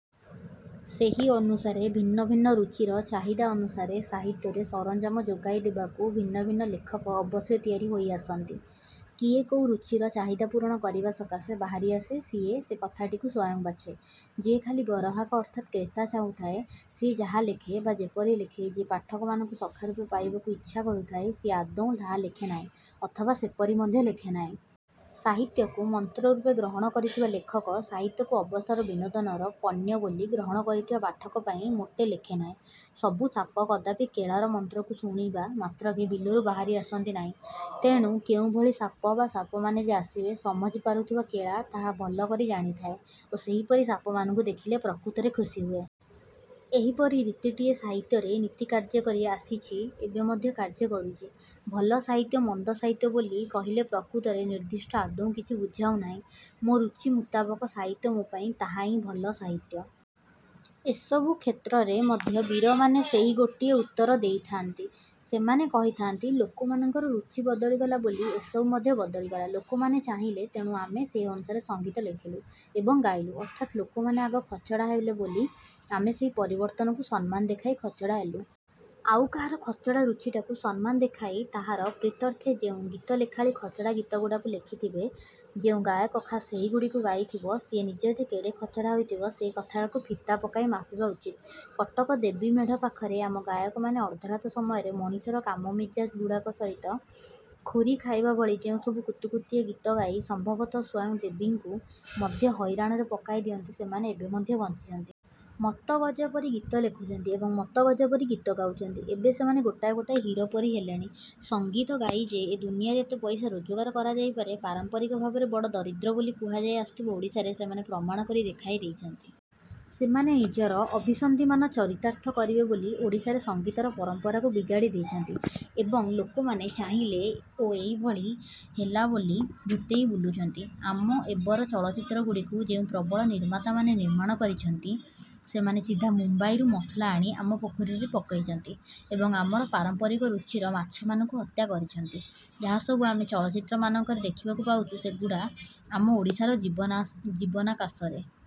ସେହି ଅନୁସାରେ ଭିନ୍ନ ଭିନ୍ନ ରୁଚିର ଚାହିଦା ଅନୁସାରେ ସାହିତ୍ୟରେ ସରଞ୍ଜାମ ଯୋଗାଇ ଦେବାକୁ ଭିନ୍ନ ଭିନ୍ନ ଲେଖକ ଅବଶ୍ୟ ତିଆରି ହୋଇ ଆସନ୍ତି। କିଏ କୋଉ ରୁଚିର ଚାହିଦା ପୂରଣ କରିବା ସକାଶେ ବାହାରିଆସେ ସିଏ ସେ କଥାଟିକୁ ସ୍ୱୟଂ ବାଛେ। ଯିଏ ଖାଲି ଗରହାକ ଅର୍ଥାତ୍ କ୍ରେତା ଚାହୁଥାଏ, ସିଏ ଯାହା ଲେଖେ ବା ଯେପରି ଲେଖେ, ଯିଏ ପାଠକମାନଙ୍କୁ ସଖା ରୂପେ ପାଇବାକୁ ଇଚ୍ଛା କରୁଥାଏ ସିଏ ଆଦୌ ତାହା ଲେଖେ ନାହିଁ ଅଥବା ସେପରି ମଧ୍ୟ ଲେଖେ ନାହିଁ। ସାହିତ୍ୟକୁ ମନ୍ତ୍ରରୂପେ ଗ୍ରହଣ କରିଥିବା ଲେଖକ ସାହିତ୍ୟକୁ ଅବସର ବିନୋଦନର ପଣ୍ୟ ବୋଲି ଗ୍ରହଣ କରିଥିବା ପାଠକ ପାଇଁ ମୋଟେ ଲେଖେ ନାହିଁ। ସବୁ ସାପ କଦାପି କେଳାର ମନ୍ତ୍ରକୁ ଶୁଣିବା ମାତ୍ରକେ ବିଲରୁ ବାହାରି ଆସନ୍ତି ନାହିଁ। ତେଣୁ କେଉଁଭଳି ସାପ ବା ସାପମାନେ ଯେ ଆସିବେ, ସମଝି ପାରୁଥିବା କେଳା ତାହା ଭଲ କରି ଜାଣିଥାଏ ଓ ସେହିପରି ସାପମାନଙ୍କୁ ଦେଖିଲେ ପ୍ରକୃତରେ ଖୁସୀ ହୁଏ। ଏହିପରି ରୀତିଟିଏ ସାହିତ୍ୟରେ ନିତି କାର୍ଯ୍ୟ କରି ଆସିଛି ଏବେ ମଧ୍ୟ କାର୍ଯ୍ୟ କରୁଛି। ଭଲ ସାହିତ୍ୟ, ମନ୍ଦ ସାହିତ୍ୟ ବୋଲି କହିଲେ ପ୍ରକୃତରେ ନିର୍ଦ୍ଦିଷ୍ଟ ଆଦୌ କିଛି ବୁଝାଉ ନାହିଁ। ମୋ ରୁଚି ମୁତାବକ ସାହିତ୍ୟ ମୋ ପାଇଁ ତାହା ହିଁ ଭଲ ସାହିତ୍ୟ। ଏସବୁ କ୍ଷେତ୍ରରେ ମଧ୍ୟ ବୀରମାନେ ସେହି ଗୋଟିଏ ଉତ୍ତର ଦେଇଥାନ୍ତି, ସେମାନେ କହିଥାନ୍ତି ଲୋକମାନଙ୍କର ରୁଚି ବଦଳିଗଲା ବୋଲି ଏସବୁ ମଧ୍ୟ ବଦଳିଗଲା। ଲୋକମାନେ ଚାହିଁଲେ, ତେଣୁ ଆମେ ସେହି ଅନୁସାରେ ସଂଗୀତ ଲେଖିଲୁ ଏବଂ ଗାଇଲୁ ଅର୍ଥାତ୍ ଲୋକମାନେ ଆଗ ଖଚଡ଼ା ହେଲେ ବୋଲି ଆମେ ସେହି ପରିବର୍ତ୍ତନକୁ ସମ୍ମାନ ଦେଖାଇ ଖଚଡ଼ା ହେଲୁ। ଆଉ କାହାର ଖଚଡ଼ା ରୁଚିଟାକୁ ସମ୍ମାନ ଦେଖାଇ ତାହାର ପ୍ରୀତ୍ୟର୍ଥେ ଯେଉଁ ଗୀତଲେଖାଳି ଖଚଡ଼ା ଗୀତଗୁଡ଼ାକ ଲେଖିଥିବ ଓ ଯେଉଁ ଗାୟକ ଖାସ୍ ସେହିଗୁଡ଼ିକୁ ଗାଇଥିବ, ସିଏ ନିଜେ ଯେ କେଡ଼େ ଖଚଡ଼ା ହୋଇଥିବ ସେହି କଥାଟାକୁ ଫିତା ପକାଇ ମାପିବା ଉଚିତ। କଟକ ଦେବୀମେଢ଼ ପାଖରେ ଆମ ଗାୟକମାନେ ଅର୍ଦ୍ଧରାତ୍ର ସମୟରେ ମଣିଷର କାମମିଜାଜ ଗୁଡ଼ାକ ସହିତ ଖୁରି ଖାଇବା ଭଳି ଯେଉଁସବୁ କୁତୁକୁତିଆ ଗୀତ ଗାଇ ସମ୍ଭବତଃ ସ୍ୱୟଂ ଦେବୀଙ୍କୁ ମଧ୍ୟ ହଇରାଣରେ ପକାଇ ଦିଅନ୍ତି ସେମାନେ ଏବେ ମଧ୍ୟ ବଞ୍ଚିଛନ୍ତି। ମତ୍ତଗଜ ପରି ଗୀତ ଲେଖୁଛନ୍ତି ଏବଂ ମତ୍ତଗଜ ପରି ଗୀତ ଗାଉଛନ୍ତି। ଏବେ ସେମାନେ ଗୋଟାଏ ଗୋଟାଏ ହିରୋ ପରି ହେଲେଣି। ସଂଗୀତ ଗାଇ ଯେ ଏ ଦୁନିଆରେ ଏତେ ପଇସା ରୋଜଗାର କରାଯାଇପାରେ, ପାରମ୍ପରିକ ଭାବରେ ବଡ଼ ଦରିଦ୍ର ବୋଲି କୁହାଯାଇ ଆସିଥିବା ଓଡ଼ିଶାରେ ସେମାନେ ପ୍ରମାଣ କରି ଦେଖାଇ ଦେଇଛନ୍ତି। ସେମାନେ ନିଜର ଅଭିସନ୍ଧିମାନ ଚରିତାର୍ଥ କରିବେ ବୋଲି ଓଡ଼ିଶାରେ ସଙ୍ଗୀତର ପରମ୍ପରାକୁ ବିଗାଡ଼ି ଦେଇଛନ୍ତି। ଏବଂ ଲୋକମାନେ ଚାହିଁଲେ ଓ ଏହିଭଳି ହେଲା ବୋଲି ଭୂତେଇ ବୁଲୁଛନ୍ତି। ଆମ ଏବର ଚଳଚ୍ଚିତ୍ରଗୁଡ଼ିକୁ ଯେଉଁ ପ୍ରବଳ ନିର୍ମାତାମାନେ ନିର୍ମାଣ କରୁଛନ୍ତି, ସେମାନେ ସିଧା ମୁମ୍ବାଇରୁ ମସଲା ଆଣି ଆମ ପୋଖରୀରେ ପକାଇଛନ୍ତି ଏବଂ ଆମର ପାରମ୍ପରିକ ରୁଚିର ମାଛମାନଙ୍କୁ ହତ୍ୟା କରିଛନ୍ତି। ଯାହାସବୁ ଆମେ ଚଳଚ୍ଚିତ୍ରମାନଙ୍କରେ ଦେଖିବାକୁ ପାଉଛୁ, ସେଗୁଡ଼ିକୁ ଆମ ଓଡ଼ିଶାର ଜୀବନାକାଶରେ